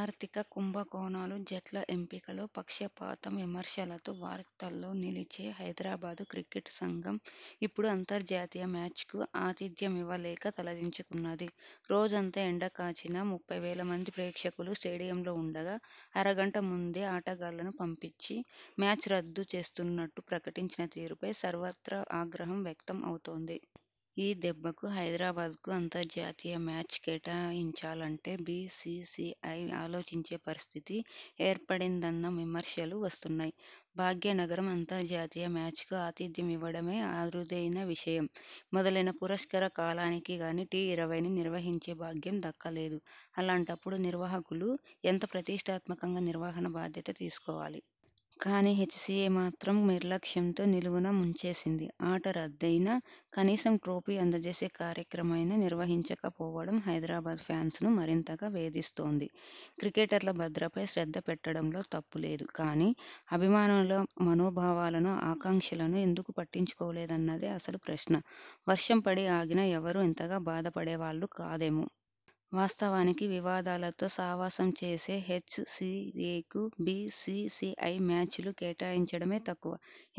ఆర్థిక కుంభకోణాలు.. జట్ల ఎంపికలో పక్షపాతం విమర్శలతో వార్తల్లో నిలిచే హైదరాబాద్ క్రికెట్ సంఘం ఇప్పుడు అంతర్జాతీయ మ్యాచ్కు ఆతిథ్యమివ్వలేక తలదించుకున్నది..! రోజంతా ఎండకాచినా.. ముప్పై వేల మంది ప్రేక్షకులు స్టేడియంలో ఉండగా, అరగంట ముందే ఆటగాళ్లను పంపించి, మ్యాచ్ రద్దు చేస్తున్నట్టు ప్రకటించిన తీరుపై సర్వత్రా ఆగ్రహం వ్యక్తం అవుతోంది..! ఈ దెబ్బకు హైదరాబాద్కు అంతర్జాతీయ మ్యాచ్ కేటాయించాలంటే బీ సీ సీ ఐ ఆలోచించే పరిస్థితి ఏర్పడిందన్న విమర్శలు వస్తున్నాయి..! భాగ్యనగరం అంతర్జాతీయ మ్యాచ్కు ఆతిథ్యం ఇవ్వడమే అరుదైన విషయం. మొదలైన పుష్కర కాలానికి గానీ టీ-ఇరవైని నిర్వహించే భాగ్యం దక్కలేదు. అలాంటప్పుడు నిర్వాహకులు ఎంత ప్రతిష్టాత్మకంగా నిర్వహణ బాధ్యత తీసుకోవాలి. కానీ, హెచ్సీఏ మాత్రం నిర్లక్ష్యంతో నిలువునా ముంచేసింది. ఆట రద్దయినా, కనీసం ట్రోఫీ అందజేసే కార్యక్రమమైనా నిర్వహించకపోవడం హైదరాబాద్ ఫ్యాన్స్ ను మరింతగా వేధిస్తోంది. క్రికెటర్ల భద్రతపై శ్రద్ధ పెట్టడం లో తప్పులేదు కానీ, అభిమానుల మనోభావాలను, ఆకాంక్షలను ఎందుకు పట్టించుకోలేదన్నదే అసలు ప్రశ్న.! వర్షం పడి ఆగినా ఎవరూ ఇంతగా బాధపడేవాళ్లు కాదేమో! వాస్తవానికి వివాదాలతో సావాసం చేసే హెచ్ సి ఏ కు బీ సీ సీ ఐ మ్యాచ్లు కేటాయించడమే తక్కువ.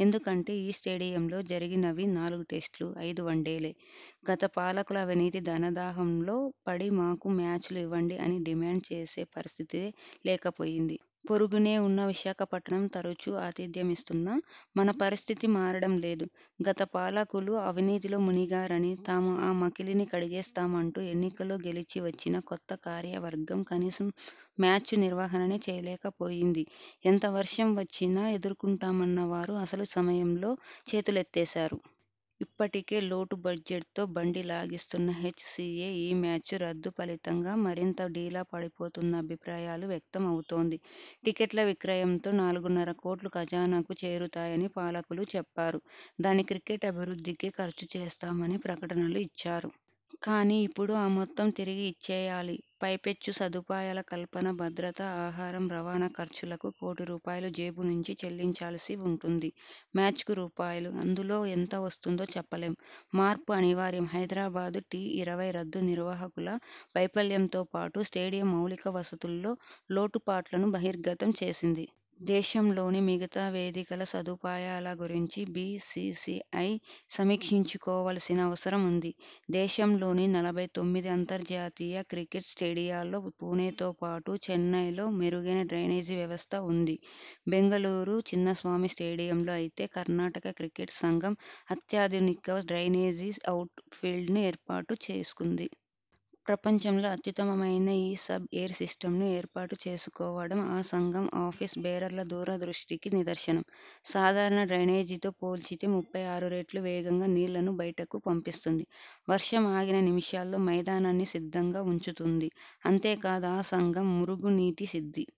ఎందుకంటే ఈ స్టేడియంలో జరిగినవి నాలుగు టెస్టులు, ఐదు వన్డేలే.! గత పాలకుల అవినీతి ధనదాహంలో పడి మాకు మ్యాచ్లు ఇవ్వండి అని డిమాండ్ చేసే పరిస్థితే లేకపోయింది. పొరుగునే ఉన్న విశాఖపట్టణం తరచూ ఆతిథ్యం ఇస్తున్నా, మన పరిస్థితి మారడం లేదు. గత పాలకులు అవినీతిలో మునిగారని, తాము ఆ మకిలిని కడిగేస్తామంటూ ఎన్నికల్లో గెలిచి వచ్చిన కొత్త కార్యవర్గం కనీసం మ్యాచ్ నిర్వహణనే చేయలేకపోయింది. ఎంత వర్షం వచ్చినా ఎదుర్కొంటామన్న వారు అసలు సమయంలో చేతులెత్తేశారు. ఇప్పటికే లోటు బడ్జెట్తో బండి లాగిస్తున్న హెచ్ సి ఏ ఈ మ్యాచ్ రద్దు ఫలితంగా మరింత డీలా పడిపోతుందన్న అభిప్రాయాలు వ్యక్తం అవుతోంది. టిక్కెట్ల విక్రయంతో నాలుగున్నర కోట్లు ఖజానాకు చేరుతాయని పాలకులు చెప్పారు. దాన్ని క్రికెట్ అభివృద్ధికే ఖర్చు చేస్తామని ప్రకటనలూ ఇచ్చారు. కానీ, ఇప్పుడు ఆ మొత్తం తిరిగిచ్చేయాలి. పైపెచ్చు సదుపాయాల కల్పన, భద్రత, ఆహారం, రవాణా ఖర్చులకు కోటి రూపాయాలు జేబు నుంచి చెల్లించాల్సి ఉంటుంది. మ్యాచ్కు రూపాయలు. అందులో ఎంత వస్తుందో చెప్పలేం! మార్పు అనివార్యం హైదరాబాద్ టీ-ఇరవై రద్దు నిర్వాహకుల వైఫల్యంతోపాటు స్టేడియం మౌలిక వసతుల్లో లోటు పాట్లను బహిర్గతం చేసింది. దేశంలోని మిగతా వేదికల సదుపాయాల గురించి బీ సీ సీ ఐ సమీక్షించుకోవాల్సిన అవసరం ఉంది. దేశంలోని నలభై తొమ్మిది అంతర్జాతీయ క్రికెట్ స్టేడియాల్లో పుణెతో పాటు చెన్నైల్లో మెరుగైన డ్రైనేజీ వ్యవస్థ ఉంది. బెంగళూరు చిన్నస్వామి స్టేడియంలో అయితే కర్ణాటక క్రికెట్ సంఘం అత్యాధునిక డ్రైనేజీ, అవుట్ ఫీల్డ్ను ఏర్పాటు చేసుకుంది. ప్రపంచంలో అత్యుత్తమమైన ఈ సబ్ఎయిర్ సిస్టమ్ను ఏర్పాటు చేసుకోవడం ఆ సంఘం ఆఫీస్ బేరర్ల దూరదృష్టికి నిదర్శనం. సాధారణ డ్రైనేజీతో పోల్చితే ముప్పై ఆరు రెట్లు వేగంగా నీళ్లను బయటకు పంపిస్తుంది. వర్షం ఆగిన నిమిషాల్లో మైదానాన్ని సిద్ధంగా ఉంచుతుంది. అంతేకాదు ఆ సంఘం మురుగు నీటి శుద్ది